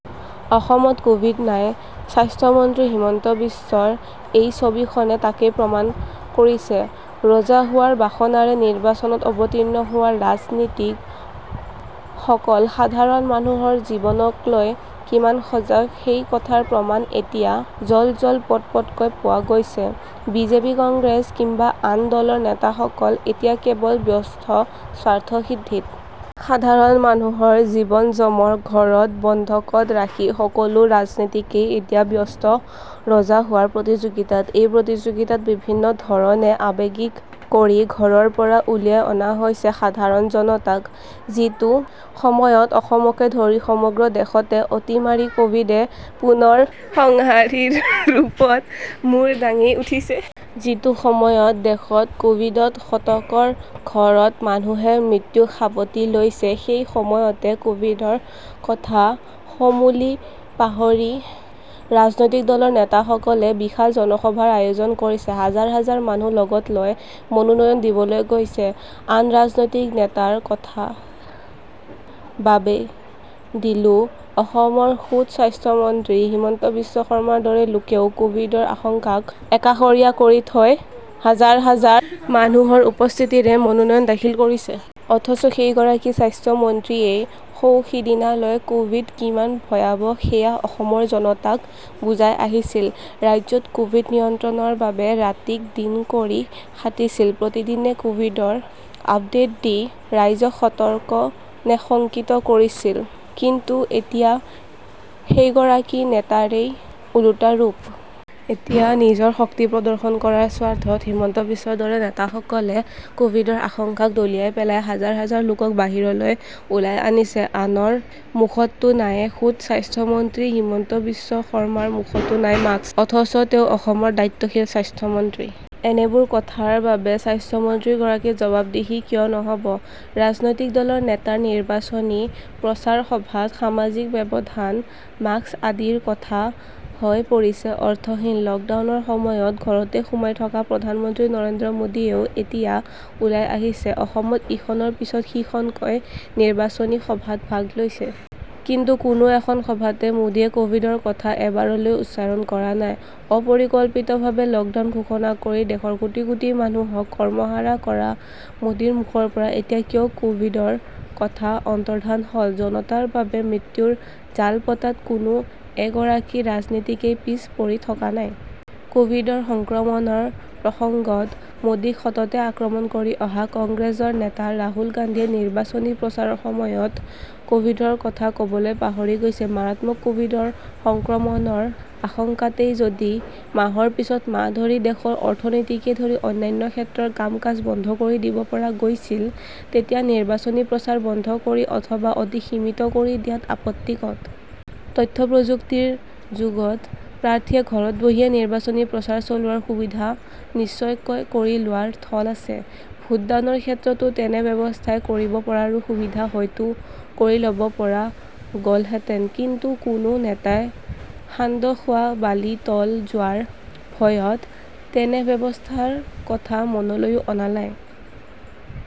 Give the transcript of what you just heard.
অসমত কোভিড নাই, স্বাস্থ্যমন্ত্ৰী হিমন্ত বিশ্বৰ এই ছবিখনে তাকেই প্ৰমাণ কৰিছে। ৰজা হোৱাৰ বাসনাৰে নিৰ্বাচনত অৱতীৰ্ণ হোৱা ৰাজনীতিক সকল সাধাৰণ মানুহৰ জীৱনকলৈ কিমান সজাগ সেই কথাৰ প্ৰমাণ এতিয়া জলজল-পটপটকৈ পোৱা গৈছে। বিজেপি কংগ্ৰেছ কিম্বা আন দলৰ নেতাসকল এতিয়া কেৱল ব্যস্ত স্বাৰ্থ সিদ্ধিত। সাধাৰণ মানুহৰ জীৱন যমৰ ঘৰত বন্ধকত ৰাখি সকলো ৰাজনীতিকেই এতিয়া ব্যস্ত ৰজা হোৱাৰ প্ৰতিযোগিতাত। এই প্ৰতিযোগিতাত বিভিন্ন ধৰণে আবেগিক কৰি ঘৰৰ পৰা উলিয়াই অনা হৈছে সাধাৰণ জনতাক। যিটো সময়ত অসমকে ধৰি সমগ্ৰ দেশতে অতিমাৰী কোভিডে পুনৰ সংহাৰী ৰূপত মূৰ দাঙি উঠিছে। যিটো সময়ত দেশত কোভিডত শতকৰ ঘৰত মানুহে মৃত্যুক সাৱটি লৈছে, সেই সময়তে কোভিডৰ কথা সমূলি পাহৰি ৰাজনৈতিক দলৰ নেতাসকলে বিশাল জনসভাৰ আয়োজন কৰিছে। হাজাৰ হাজাৰ মানুহ লগতলৈ মনোনয়ন দিবলৈ গৈছে। আন ৰাজনৈতিক নেতাৰ কথা বাবেই দিলো অসমৰ খোদ স্বাস্থ্য মন্ত্ৰী হিমন্ত বিশ্ব শৰ্মাৰ দৰে লোকেও কোভিডৰ আশংকাক একাষৰীয়া কৰি থৈ হাজাৰ হাজাৰ মানুহৰ উপস্থিতিৰে মনোনয়ন দাখিল কৰিছে। অথচ সেই গৰাকী স্বাস্থ্য মন্ত্ৰীয়েই সৌ সিদিনালৈ কোভিড কিমান ভয়াৱহ সেয়া অসমৰ জনতাক বুজাই আহিছিল। ৰাজ্যত কোভিড নিয়ন্ত্ৰণৰ বাবে ৰাতিক দিন কৰি খাটিছিল। প্ৰতিদিনে কোভিডৰ আপডেট দি ৰাইজক সতৰ্ক নে শংকিত কৰিছিল। কিন্তু এতিয়া সেই গৰাকী নেতাৰেই ওলোটা ৰূপ। এতিয়া নিজৰ শক্তি প্ৰদৰ্শন কৰাৰ স্বাৰ্থত হিমন্ত বিশ্বৰ দৰে নেতাসকলে কোভিডৰ আশংকাক দলিয়াই পেলাই হাজাৰ হাজাৰ লোকক বাহিৰলৈ উলিয়াই আনিছে। আনৰ মুখততো নায়েই খোদ স্বাস্থ্যমন্ত্ৰী হিমন্ত বিশ্ব শৰ্মাৰ মুখতো নাই মাস্ক। অথচ তেওঁ অসমৰ দায়িত্বশীল স্বাস্থ্যমন্ত্ৰী। এনেবোৰ কথাৰ বাবে স্বাস্থ্যমন্ত্ৰীগৰাকী জবাবদিহি কিয় নহব। ৰাজনৈতিক দলৰ নেতাৰ নিৰ্বাচনী প্ৰচাৰ সভাত সামাজিক ব্যৱধান মাস্ক আদিৰ কথা হৈ পৰিছে অৰ্থহীন। লকডাউনৰ সময়ত ঘৰতে সোমাই থকা প্ৰধানমন্ত্ৰী নৰেন্দ্ৰ মোদীয়েও এতিয়া ওলাই আহিছে। অসমত ইখনৰ পিছত সিখনকৈ নিৰ্বাচনী সভাত ভাগ লৈছে। কিন্তু কোনো এখন সভাতে মোদীয়ে কোভিডৰ কথা এবাৰলৈও উচ্চাৰণ কৰা নাই। অপৰিকল্পিত ভাবে লকডাউন ঘোষণা কৰি দেশৰ কোটি কোটি মানুহক কৰ্মহাৰা কৰা মোদীৰ মুখৰ পৰা এতিয়া কিয় কোভিডৰ কথা অন্তৰ্ধান হ'ল ।জনতাৰ বাবে মৃত্যুৰ জাল পতাত কোনো এগৰাকী ৰাজনীতিকেই পিছ পৰি থকা নাই। কোভিডৰ সংক্ৰমণৰ প্ৰসংগত মোদীক সততে আক্ৰমণ কৰি অহা কংগ্ৰেছৰ নেতা ৰাহুল গান্ধীয়ে নিৰ্বাচনী প্ৰচাৰৰ সময়ত কোভিডৰ কথা কবলৈ পাহৰি গৈছে। মাৰাত্মক কোভিডৰ সংক্ৰমণৰ আশংকাতেই যদি মাহৰ পিছত মাহ ধৰি দেশৰ অৰ্থনীতিকে ধৰি অন্যান্য ক্ষেত্ৰৰ কামকাজ বন্ধ কৰি দিব পৰা গৈছিল, এতিয়া নিৰ্বাচনী প্ৰচাৰ বন্ধ কৰি অথবা অতি সীমিত কৰি দিয়াত আপত্তি ক'ত? তথ্য প্ৰযুক্তিৰ যুগত প্ৰাৰ্থীয়ে ঘৰত বহিয়েই নিৰ্বাচনী প্ৰচাৰ চলোৱাৰ সুবিধা নিশ্চয়কৈ কৰি লোৱাৰ থল আছে। ভোটদানৰ ক্ষেত্ৰতো তেনে ব্যৱস্থাই কৰিব পৰাৰো সুবিধা হয়তো কৰি ল'ব পৰা গলহেঁতেন। কিন্তু কোনো নেতাই সান্দহ খোৱা বালি তল যোৱাৰ ভয়ত তেনে ব্যৱস্থাৰ কথা মনলৈও অনা নাই।